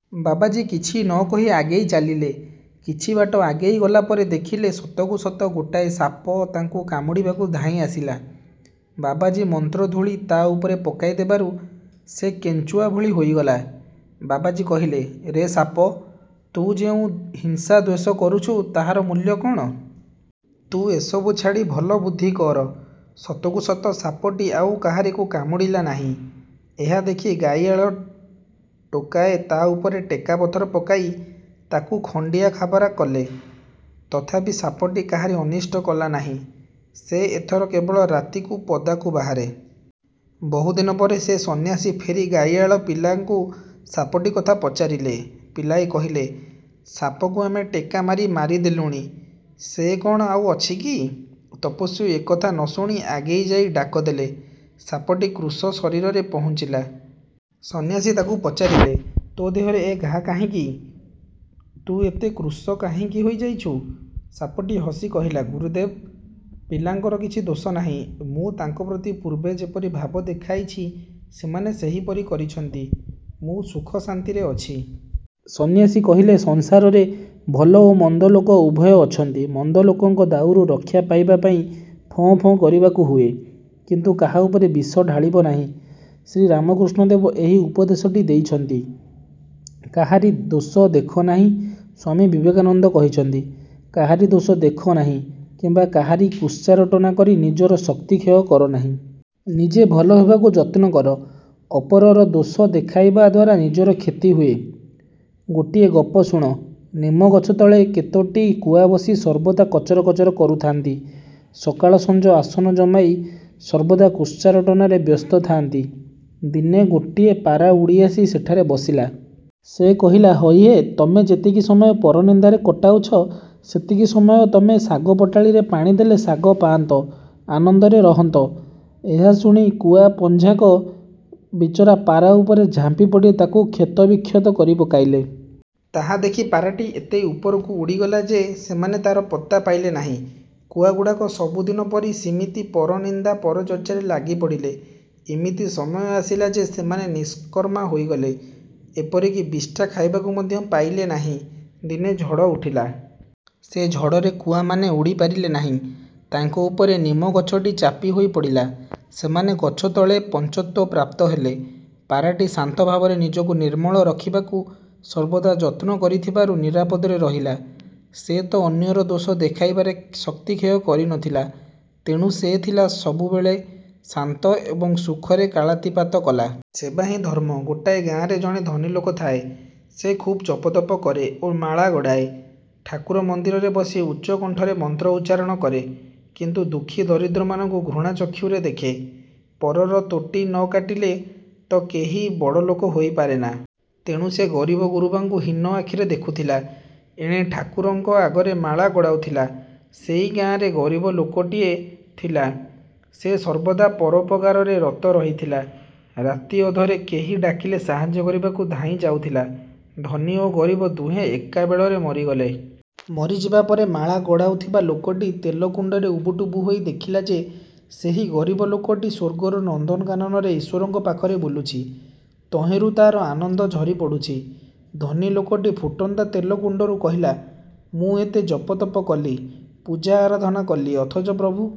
' ବାବାଜୀ କିଛି ନ କହି ଆଗେଇ ଚାଲିଲେ। କିଛି ବାଟ ଆଗେଇ ଗଲା ପରେ ଦେଖିଲେ ସତକୁ ସତ ଗୋଟିଏ ସାପ ତାଙ୍କୁ କାମୁଡ଼ିବାକୁ ଧାଇଁ ଆସିଲା। ବାବାଜୀ ମନ୍ତ୍ରଧୂଳି ତା'ଉପରେ ପକାଇ ଦେବାରୁ ସେ କେଞ୍ଚୁଆ ଭଳି ହୋଇଗଲା। ବାବାଜୀ କହିଲେ-'ରେ ସାପ, ତୁ ଯେଉଁ ହିଂସା-ଦ୍ୱେଷ କରୁଛୁ, ତାହାର ମୂଲ୍ୟ କ'ଣ? ତୁ ଏସବୁ ଛାଡ଼ି ଭଲ ବୁଦ୍ଧି କର। ' ସତକୁ ସତ, ସାପଟି ଆଉ କାହାରିକୁ କାମୁଡ଼ିଲା ନାହିଁ। ଏହା ଦେଖି ଗାଈଆଳ ଟୋକାଏ ତା'ଉପରେ ଟେକା-ପଥର ପକାଇ ତାକୁ ଖଣ୍ତିଆଖାବରା କଲେ। ତଥାପି ସାପଟି କାହାରି ଅନିଷ୍ଟ କଲା ନାହିଁ। ସେ ଏଥର କେବଳ ରାତିରେ ପଦାକୁ ବାହାରେ। ବହୁଦିନ ପରେ ସେ ସନ୍ନ୍ୟାସୀ ଫେରି ଗାଈଆଳ ପିଲାଙ୍କୁ ସାପଟି କଥା ପଚାରିଲେ। ପିଲାଏ କହିଲେ-''ସାପକୁ ଆମେ ଟେକା ମାରି ମାରିଦେଲୁଣି। ସେ କ'ଣ ଆଉ ଅଛି କି? '' ତପସ୍ୱୀ ଏ କଥା ନ ଶୁଣି ଆଗେଇ ଯାଇ ଡାକ ଦେଲେ। ସାପଟି କୃଶ ଶରୀରରେ ପହୁଞ୍ଚିଲା। ସନ୍ନ୍ୟାସୀ ତାକୁ ପଚାରିଲେ-'ତୋ ଦେହରେ ଏ ଘା' କାହିଁକି? ତୁ ଏତେ କୃଶ କାହିଁକି ହୋଇଯାଇଛୁ? ' ସାପଟି ହସି କହିଲା, ''ଗୁରୁଦେବ, ପିଲାଙ୍କର କିଛି ଦୋଷ ନାହିଁ। ମୁଁ ତାଙ୍କ ପ୍ରତି ପୂର୍ବେ ଯେପରି ଭାବ ଦେଖାଇଛି, ସେମାନେ ସେହିପରି କରିଛନ୍ତି। ମୁଁ ସୁଖ-ଶାନ୍ତିରେ ଅଛି। '' ସନ୍ନ୍ୟାସୀ କହିଲେ-'ସଂସାରରେ ଭଲ ଓ ମନ୍ଦଲୋକ ଉଭୟ ଅଛନ୍ତି। ମନ୍ଦଲୋକଙ୍କ ଦାଉରୁ ରକ୍ଷା ପାଇବା ପାଇଁ ଫଁ ଫଁ କରିବାକୁ ହୁଏ, କିନ୍ତୁ କାହା ଉପରେ ବିଷ ଢାଳିବ ନାହିଁ। ' ଶ୍ରୀରାମକୃଷ୍ଣ ଦେବ ଏହି ଉପଦେଶଟି ଦେଇଛନ୍ତି। କାହାରି ଦୋଷ ଦେଖ ନାହିଁ ସ୍ୱାମୀ ବିବେକାନନ୍ଦ କହିଛନ୍ତି-କାହାରି ଦୋଷ ଦେଖ ନାହିଁ କିମ୍ୱା କାହାରି କୁତ୍ସାରଟନା କରି ନିଜର ଶକ୍ତିକ୍ଷୟ କର ନାହିଁ। ନିଜେ ଭଲ ହେବାକୁ ଯତ୍ନ କର। ଅପରର ଦୋଷ ଦେଖାଇବା ଦ୍ୱାରା ନିଜର କ୍ଷତି ହୁଏ। ଗୋଟିଏ ଗପ ଶୁଣ। ନିମଗଛ ତଳେ କେତୋଟି କୁଆ ବସି ସର୍ବଦା କଚର କଚର କରୁଥାନ୍ତି। ସକାଳ ସଞ୍ଜ ଆସନ ଜମାଇ ସର୍ବଦା କୁତ୍ସାରଟନାରେ ବ୍ୟସ୍ତ ଥାଆନ୍ତି। ଦିନେ ଗୋଟିଏ ପାରା ଉଡ଼ି ଆସି ସେଠାରେ ବସିଲା। ସେ କହିଲା, ''ହଇହେ, ତମେ ଯେତିକି ସମୟ ପରନିନ୍ଦାରେ କଟାଉଛ, ସେତିକି ସମୟ ତମ ଶାଗ ପଟାଳିରେ ପାଣି ଦେଲେ ଶାଗ ପାଆନ୍ତ। ଆନନ୍ଦରେ ରହନ୍ତ। '' ଏହା ଶୁଣି କୁଆ ପଞ୍ଝାକ ବିଚରା ପାରା ଉପରେ ଝାମ୍ପି ପଡ଼ି ତାକୁ କ୍ଷତବିକ୍ଷତ କରି ପକାଇଲେ। ତାହା ଦେଖି ପାରାଟି ଏତେ ଉପରକୁ ଉଡ଼ିଗଲା ଯେ ସେମାନେ ତାର ପତ୍ତା ପାଇଲେ ନାହିଁ। କୁଆଗୁଡ଼ାକ ସବୁଦିନ ପରି ସିମିତି ପରନିନ୍ଦା-ପରଚର୍ଚ୍ଚାରେ ଲାଗିପଡ଼ିଲେ। ଇମିତି ସମୟ ଆସିଲା ଯେ ସେମାନେ ନିଷ୍କର୍ମା ହୋଇଗଲେ। ଏପରିକି ବିଷ୍ଠା ଖାଇବାକୁ ମଧ୍ୟ ପାଇଲେ ନାହିଁ। ଦିନେ ଝଡ଼ ଉଠିଲା। ସେ ଝଡ଼ରେ କୁଆମାନେ ଉଡ଼ି ପାରିଲେ ନାହିଁ। ତାଙ୍କ ଉପରେ ନିମଗଛଟି ଚାପିହୋଇ ପଡ଼ିଲା। ସେମାନେ ଗଛତଳେ ପଞ୍ଚତ୍ୱ ପ୍ରାପ୍ତ ହେଲେ। ପାରାଟି ଶାନ୍ତ ଭାବରେ ନିଜକୁ ନିର୍ମଳ ରଖିବାକୁ ସର୍ବଦା ଯତ୍ନ କରିଥିବାରୁ ନିରାପଦରେ ରହିଲା। ସେ ତ ଅନ୍ୟର ଦୋଷ ଦେଖାଇବାରେ ଶକ୍ତିକ୍ଷୟ କରି ନଥିଲା, ତେଣୁ ସେ ଥିଲା ସବୁବେଳେ ଶାନ୍ତ ଏବଂ ସୁଖରେ କାଳାତିପାତ କଲା। ସେବାହିଁ ଧର୍ମ ଗୋଟିଏ ଗାଁରେ ଜଣେ ଧନୀ ଲୋକ ଥାଏ। ସେ ଖୁବ୍ ଜପତପ କରେ ଓ ମାଳା ଗଡ଼ାଏ। ଠାକୁର ମନ୍ଦିରରେ ବସି ଉଚ୍ଚ କଣ୍ଠରେ ମନ୍ତ୍ର ଉଚ୍ଚାରଣ କରେ। କିନ୍ତୁ ଦୁଃଖୀ ଦରିଦ୍ରମାନଙ୍କୁ ଘୃଣା ଚକ୍ଷୁରେ ଦେଖେ! ପରର ତୋଟି ନ କାଟିଲେ ତ କେହି ବଡ଼ ଲୋକ ହୋଇପାରେନା। ତେଣୁ ସେ ଗରିବ ଗୁରୁବାଙ୍କୁ ହୀନ ଆଖିରେ ଦେଖୁଥିଲା, ଏଣେ ଠାକୁରଙ୍କ ଆଗରେ ମାଳା ଗଡ଼ାଉ ଥିଲା। ସେଇ ଗାଁରେ ଗରିବ ଲୋକଟିଏ ଥିଲା। ସେ ସର୍ବଦା ପରୋପକାରରେ ରତ ରହିଥିଲା। ରାତିଅଧରେ କେହି ଡାକିଲେ ସାହାଯ୍ୟ କରିବାକୁ ଧାଇଁ ଯାଉଥିଲା। ଧନୀ ଓ ଗରିବ ଦୁହେଁ ଏକାବେଳରେ ମରିଗଲେ। ମରିଯିବା ପରେ ମାଳା ଗଡ଼ାଉଥିବା ଲୋକଟି ତେଲକୁଣ୍ତରେ ଉବୁଟୁବୁ ହୋଇ ଦେଖିଲା ଯେ ସେହି ଗରିବ ଲୋକଟି ସ୍ୱର୍ଗର ନନ୍ଦନକାନନରେ ଈଶ୍ୱରଙ୍କ ପାଖରେ ବୁଲୁଛି। ତହିଁରୁ ତା'ର ଆନନ୍ଦ ଝରିପଡ଼ୁଛି। ଧନୀଲୋକଟି ଫୁଟନ୍ତା ତେଲକୁଣ୍ତରୁ କହିଲା, ''ମୁଁ ଏତେ ଜପ-ତପ କଲି, ପୂଜା-ଆରାଧନା କଲି, ଅଥଚ ପ୍ରଭୁ!